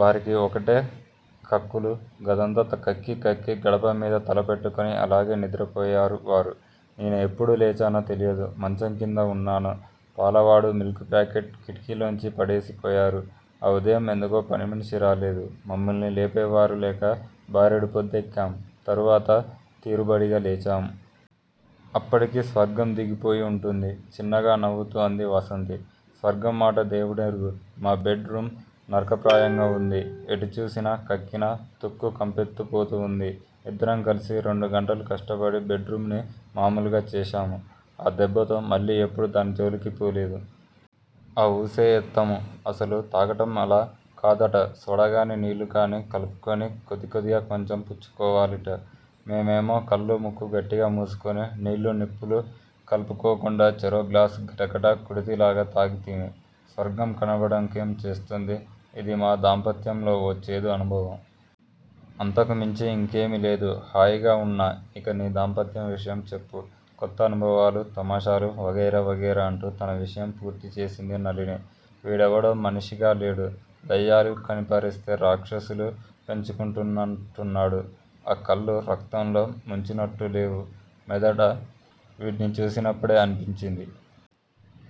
వారికి వకటే కక్కులు. గదంతా కక్కి కక్కి గడపమీద తలపెట్టుకుని అలాగే నిద్రపోయారు వారు. నేను ఎప్పుడు లేచానో తెలియదు. మంచంకింద వున్నాను. పాలవాడు మిల్క్ ప్యాకెట్ కిటికీలోంచి పడేసిపోయారు. ఆ ఉదయం ఎందుకో పనిమనిషి రాలేదు. మమ్మల్ని లేపేవారు లేక బారెడు పొద్దెక్కిం తరువాత తీరుబడిగా లేచాము. అప్పటికి స్వర్గం దిగిపోయి వుంటుంది చిన్నగా నవ్వుతూ అంది వాసంతి. స్వర్గంమాట దేముడెరుగు. మా బెడ్ రూమ్ నరకప్రాయంగా వుంది. ఎటు చూసినా కక్కిన తుక్కు కంపెత్తిపోతూ వుంది. ఇద్దరం కలిసి రెండుగంటలు కష్టపడి బెడ్ రూంని మామూలుగా చేశాము. ఆ దెబ్బతో మళ్ళీ ఎప్పుడూ దాని జోలికి పోలేదు. ఆ ఊసే ఎత్తము. అసలు తాగటం అలా కాదుట సోడాగాని నీళ్ళుగాని కలుపుకుని కొద్దికొద్దిగా కొంచెమే పుచ్చుకోవాలిట. మేమేమో కళ్ళూ ముక్కూ గట్టిగా మూసుకుని నీళ్ళూ నిప్పులూ కలుపుకోకుండా చెరో గ్లాసు గటగట కుడితి లాగా తాగితిమి. స్వర్గం కనపడకేం చేస్తుంది. ఇది మా దాంపత్యంలో ఓ చేదు అనుభవం. అంతకుమించి యింకేమీ లేదు. హాయిగా వున్నా యిక నీ దాంపత్యం విషయం చెప్పు. కొత్త అనుభవాలు తమాషాలు వగైరా వగైరా అంటూ తన విషయం పూర్తి చేసింది నళిని. వీడెవడో మనిషిగా లేడు. దెయ్యాలు కనిపారేస్తే రాక్షసులు పెంచుకుంటున్నట్టున్నాడు. ఆ కళ్ళు రక్తంలో ముంచినట్టు లేవూ మొదట వీడ్ని చూసినప్పుడే అనిపించింది.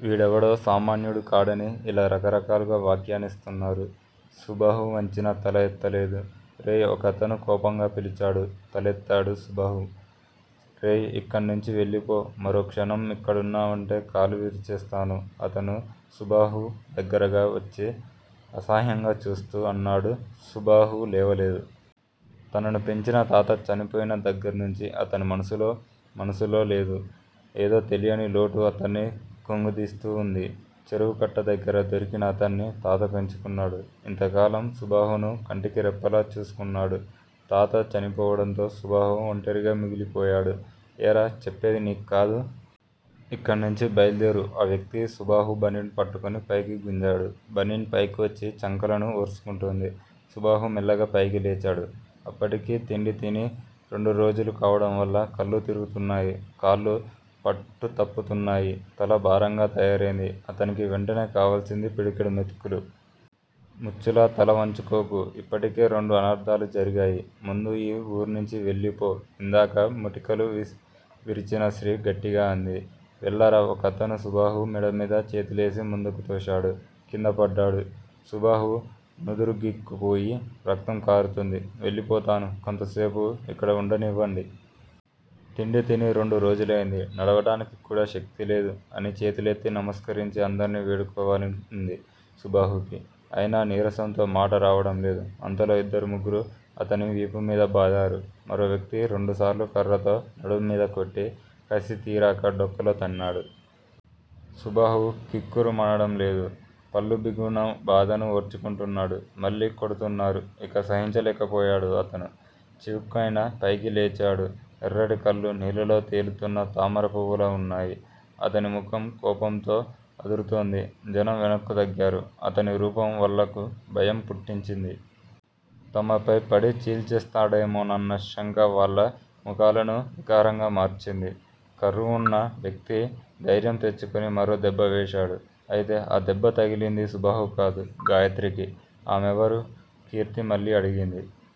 వీడెవడో సామాన్యుడు కాడని ఇలా రకరకాలుగా వ్యాఖ్యానిస్తున్నారు. సుబాహు వంచిన తల ఎత్తలేదు. రేయ్ ఒకతను కోపంగా పిలిచాడు. తలెత్తాడు సుబాహు. రేయ్. ఇక్కడ్నుంచి వెళ్ళిపో. మరో క్షణం ఇక్కడున్నావంటే కాళ్ళు విరిచేస్తాను అతను సుబాహు దగ్గరగా వచ్చి అసహ్యంగా చూస్తూ అన్నాడు. సుబాహు లేవలేదు. తనను పెంచిన తాత చనిపోయిన దగ్గర్నుంచి అతని మనసు మనసులో లేదు. ఏదో తెలియని లోటు అతన్ని కుంగదీస్తూ వుంది. చెరువు కట్ట దగ్గర దొరికిన అతన్ని తాత పెంచుకున్నాడు. ఇంతకాలం సుబాహును కంటికి రెప్పలా చూసుకున్నాడు. తాత చనిపోవడంతో సుబాహు ఒంటరిగా మిగిలిపోయాడు. ఏరా చెప్పేది నీక్కాదూ. ఇక్కడ్నుంచి బయల్దేరు ఆ వ్యక్తి సుబాహు బనీను పట్టుకుని పైకి గుంజాడు. బనీను పైకొచ్చి చంకలను ఒరుసుకుంటోంది. సుబాహు మెల్లగా పైకి లేచాడు. అప్పటికి తిండితిని రెండురోజులు కావడం వల్ల కళ్ళు తిరుగుతున్నాయి. కాళ్ళు పట్టుతప్పుతున్నాయి. తల భారంగా తయారైంది. అతనికి వెంటనే కావాల్సింది పిడికెడు మెతుకులు. ముచ్చులా తల వంచుకోకు. ఇప్పటికే రెండు అనర్థాలు జరిగాయి. ముందు ఈ వూర్నుంచి వెళ్ళిపో ఇందాక మెటికలు విరిచిన స్త్రీ గట్టిగా అంది. వెళ్ళరా ఒకతను సుబాహు మెడమీద చేతులేసి ముందుకు తోశాడు. కిందపడ్డాడు సుబాహు. నుదురు గీక్కుపోయి రక్తం కారుతోంది. వెళ్ళిపోతాను. కొంతసేపు ఇక్కడ వుండనివ్వండి. తిండి తిని రెండు రోజులైంది. నడవడానికి కూడా శక్తి లేదు. అని చేతులెత్తి నమస్కరించి అందరినీ వేడుకోవాలకుంది సుబాహుకి. అయినా నీరసంతో మాట రావడం లేదు. అంతలో ఇద్దరు ముగ్గురు అతని వీపుమీద బాదారు. మరో వ్యక్తి రెండుసార్లు కర్రతో నడుంమీద కొట్టి, కసి తీరాక డొక్కలో తన్నాడు. సుబాహు కిక్కురు మనడం లేదు. పళ్ళబిగువున బాధను ఓర్చుకుంటున్నాడు. మళ్ళీ కొడుతున్నారు. ఇక సహించలేకపోయాడు అతను. చివుక్కున పైకి లేచాడు. ఎర్రటి కళ్ళు నీళ్ళల్లో తేలుతున్న తామర పువ్వుల్లా వున్నాయి. అతని ముఖం కోపంతో అదురుతోంది. జనం వెనక్కు తగ్గారు. అతని రూపం వాళ్ళకు భయం పుట్టించింది. తమపై పడి చీల్చేస్తాడేమోనన్న శంక వాళ్ళ ముఖాలను వికారంగా మార్చింది. కర్రవున్న వ్యక్తి ధైర్యం తెచ్చుకుని మరో దెబ్బ వేశాడు. అయితే ఆ దెబ్బ తగిలింది సుబాహుకు కాదు, గాయత్రికి. ఆమెవరు? కీర్తి మళ్లీ అడిగింది.